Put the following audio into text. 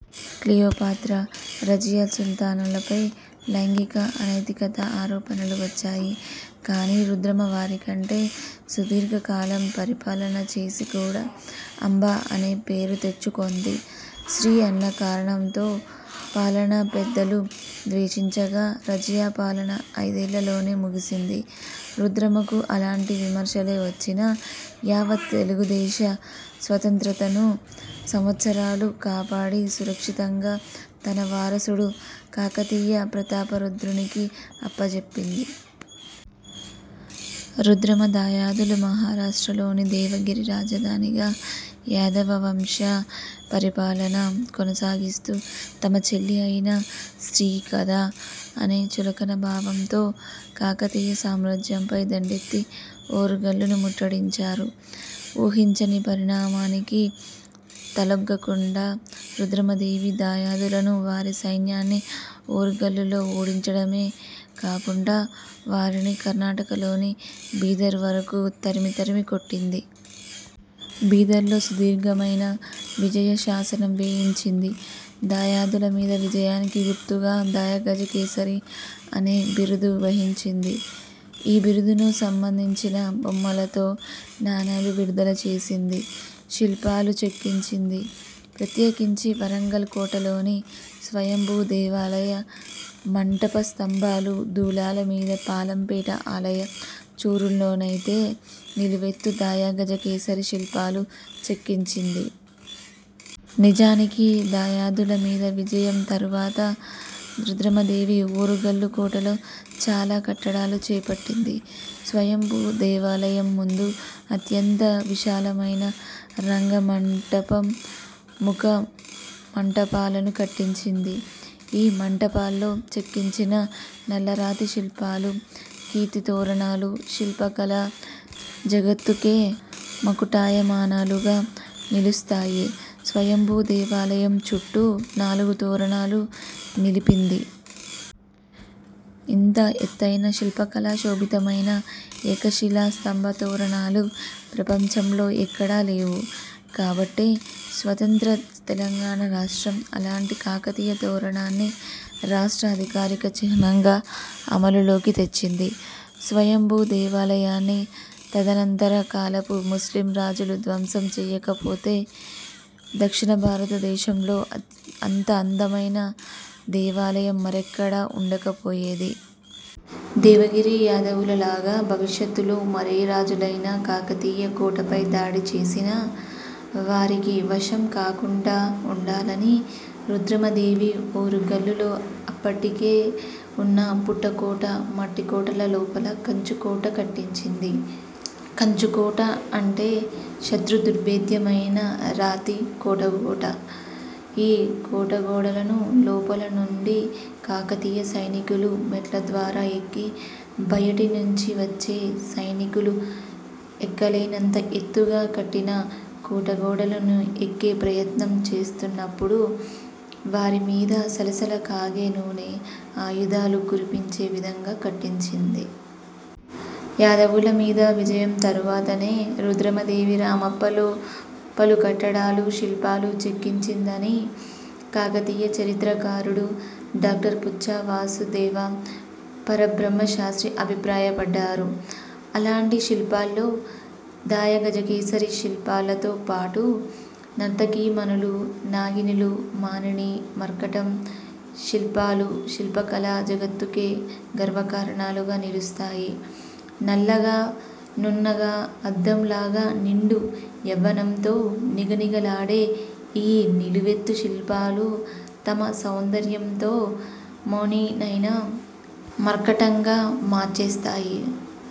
క్లియో పాత్ర, రజియా సుల్తానాలపై లైంగిక అనైతికతా ఆరోపణలు వచ్చాయి. కాని రుద్రమ వారి కంటె సుదీర్ఘ కాలం పరిపాలన చేసి కూడా 'అంబ' అనే పేరు తెచ్చుకొంది. స్ర్తీ అన్న కారణంతో పాలనా పెద్దలు ద్వేషించగా రజియాపాలన ఐదేళ్ళలోనే ముగిసింది. రుద్రమకు అలాంటి విమర్శలే వచ్చినా యావత్ తెలుగుదేశ స్వతంత్రతను సంవత్సరాలు కాపాడి సురక్షితంగా తనవారసుడు కాకతీయ ప్రతాపరుద్రునికి అప్పజెప్పింది. రుద్రమ దాయాదులు మహారాష్ట్రలోని దేవగిరి రాజధానిగా యాదవ వంశ పరిపాలన కొనసాగిస్తూ తమ చెల్లి అయినా స్ర్తీ కదా అనే చులకన భావంతో కాకతీయ సామ్రాజ్యంపై దండెత్తి ఓరుగల్లు ను ముట్టడించారు. ఊహించని పరిణామానికి తలొగ్గకుండా రుద్రమదేవి దాయాదులను, వారి సైన్యాన్ని ఓరుగల్లులో ఓడించడమే కాకుండా వారిని కర్ణాటకలోని బీదర్ వరకు తరిమి తరిమి కొట్టింది. బీదర్లో సుదీర్ఘమైన విజయ శాసనం వేయించింది. దాయాదుల మీద విజయానికి గుర్తుగా 'దాయ గజ కేసరి' అనే బిరుదు వహించింది. ఈ బిరుదును సంబంధించిన బొమ్మతో నాణేలు విడుదల చేసింది, శిల్పాలు చెక్కించింది – ప్రత్యేకించి వరంగల్ కోటలోని స్వయంభూ దేవాలయ మంటప స్తంభాలు, దూలాల మీద, పాలంపేట ఆలయ చూరుల్లోనైతే నిలువెత్తు దాయగజకేసరి శిల్పాలు చెక్కించింది. నిజానికి దాయాదుల మీద విజయం తరువాత రుద్రమదేవి ఓరుగల్లు కోటలో చాలా కట్టడాలు చేపట్టింది. స్వయంభూ దేవాలయం ముందు అత్యంత విశాలమైన రంగ మంటపం, ముఖ మంటపాలను కట్టించింది. ఈ మంటపాల్లో చెక్కించిన నల్లరాతి శిల్పాలు, కీర్తితోరణాలు శిల్పకళా జగత్తుకే మకుటాయమానాలుగా నిలుస్తాయి. స్వయంభూ దేవాలయం చుట్టూ నాలుగు తోరణాలను నిలిపింది. ఇంత ఎత్తైన శిల్పకళా శోభితమైన ఏకశిలా స్తంభ తోరణాలు ప్రపంచంలో ఎక్కడా లేవు. కాబట్టే స్వతంత్ర తెలంగాణ రాష్ట్రం అలాంటి కాకతీయ తోరణాన్ని రాష్ట్ర అధికారిక చిహ్నంగా అమలులోకి తెచ్చింది. స్వయంభూ దేవాలయాన్ని తదనంతర కాలపు ముస్లిం రాజులు ధ్వంసం చేయకపోతే దక్షిణ భారతదేశంలో అంత అందమైన దేవాలయం మరెక్కడా ఉండకపోయేది. దేవగిరి యాదవులలాగా భవిష్యత్తులో మరే రాజులైనా కాకతీయ కోటపై దాడి చేసినా వారికి వశం కాకుండా ఉండాలని రుద్రమ దేవి ఓరుగల్లులో అప్పటికే ఉన్న పుట్టకోట, మట్టికోటల లోపల 'కంచుకోట' కట్టించింది. కంచుకోట అంటే శత్రు దుర్భేద్యమైన రాతి కోటగోట. ఈ కోటగోడలను లోపల నుండి కాకతీయ సైనికులు మెట్ల ద్వారా ఎక్కి బయటి నుంచి వచ్చే సైనికులు ఎక్కలేనంత ఎత్తుగా కట్టిన కోటగోడలను ఎక్కే ప్రయత్నం చేస్తున్నప్పుడు వారి మీద సలసల కాగే నూనె, ఆయుధాలు కురిపించే విధంగా కట్టించింది. యాదవుల మీద విజయం తరువాతనే రుద్రమదేవి రామప్పలో పలు కట్టడాలు, శిల్పాలు చెక్కించిందని కాకతీయ చరిత్రకారుడు డాక్టర్ పుచ్ఛా వాసుదేవ పరబ్రహ్మ శాస్ర్తి అభిప్రాయపడ్డారు. అలాంటి శిల్పాల్లో దాయగజకేసరి శిల్పాలతోపాటు నర్తకీమణులు, నాగినులు, మానిని – మర్కటం శిల్పాలు శిల్పకళా జగత్తుకే గర్వకారణాలుగా నిలుస్తాయి. నల్లగా, నున్నగా, అద్దంలాగా నిండు యవ్వనంతో నిగనిగలాడే ఈ నిలువెత్తు శిల్పాలు తమ సౌందర్యంతో మౌనినైనా మర్కటంగా మార్చేస్తాయి.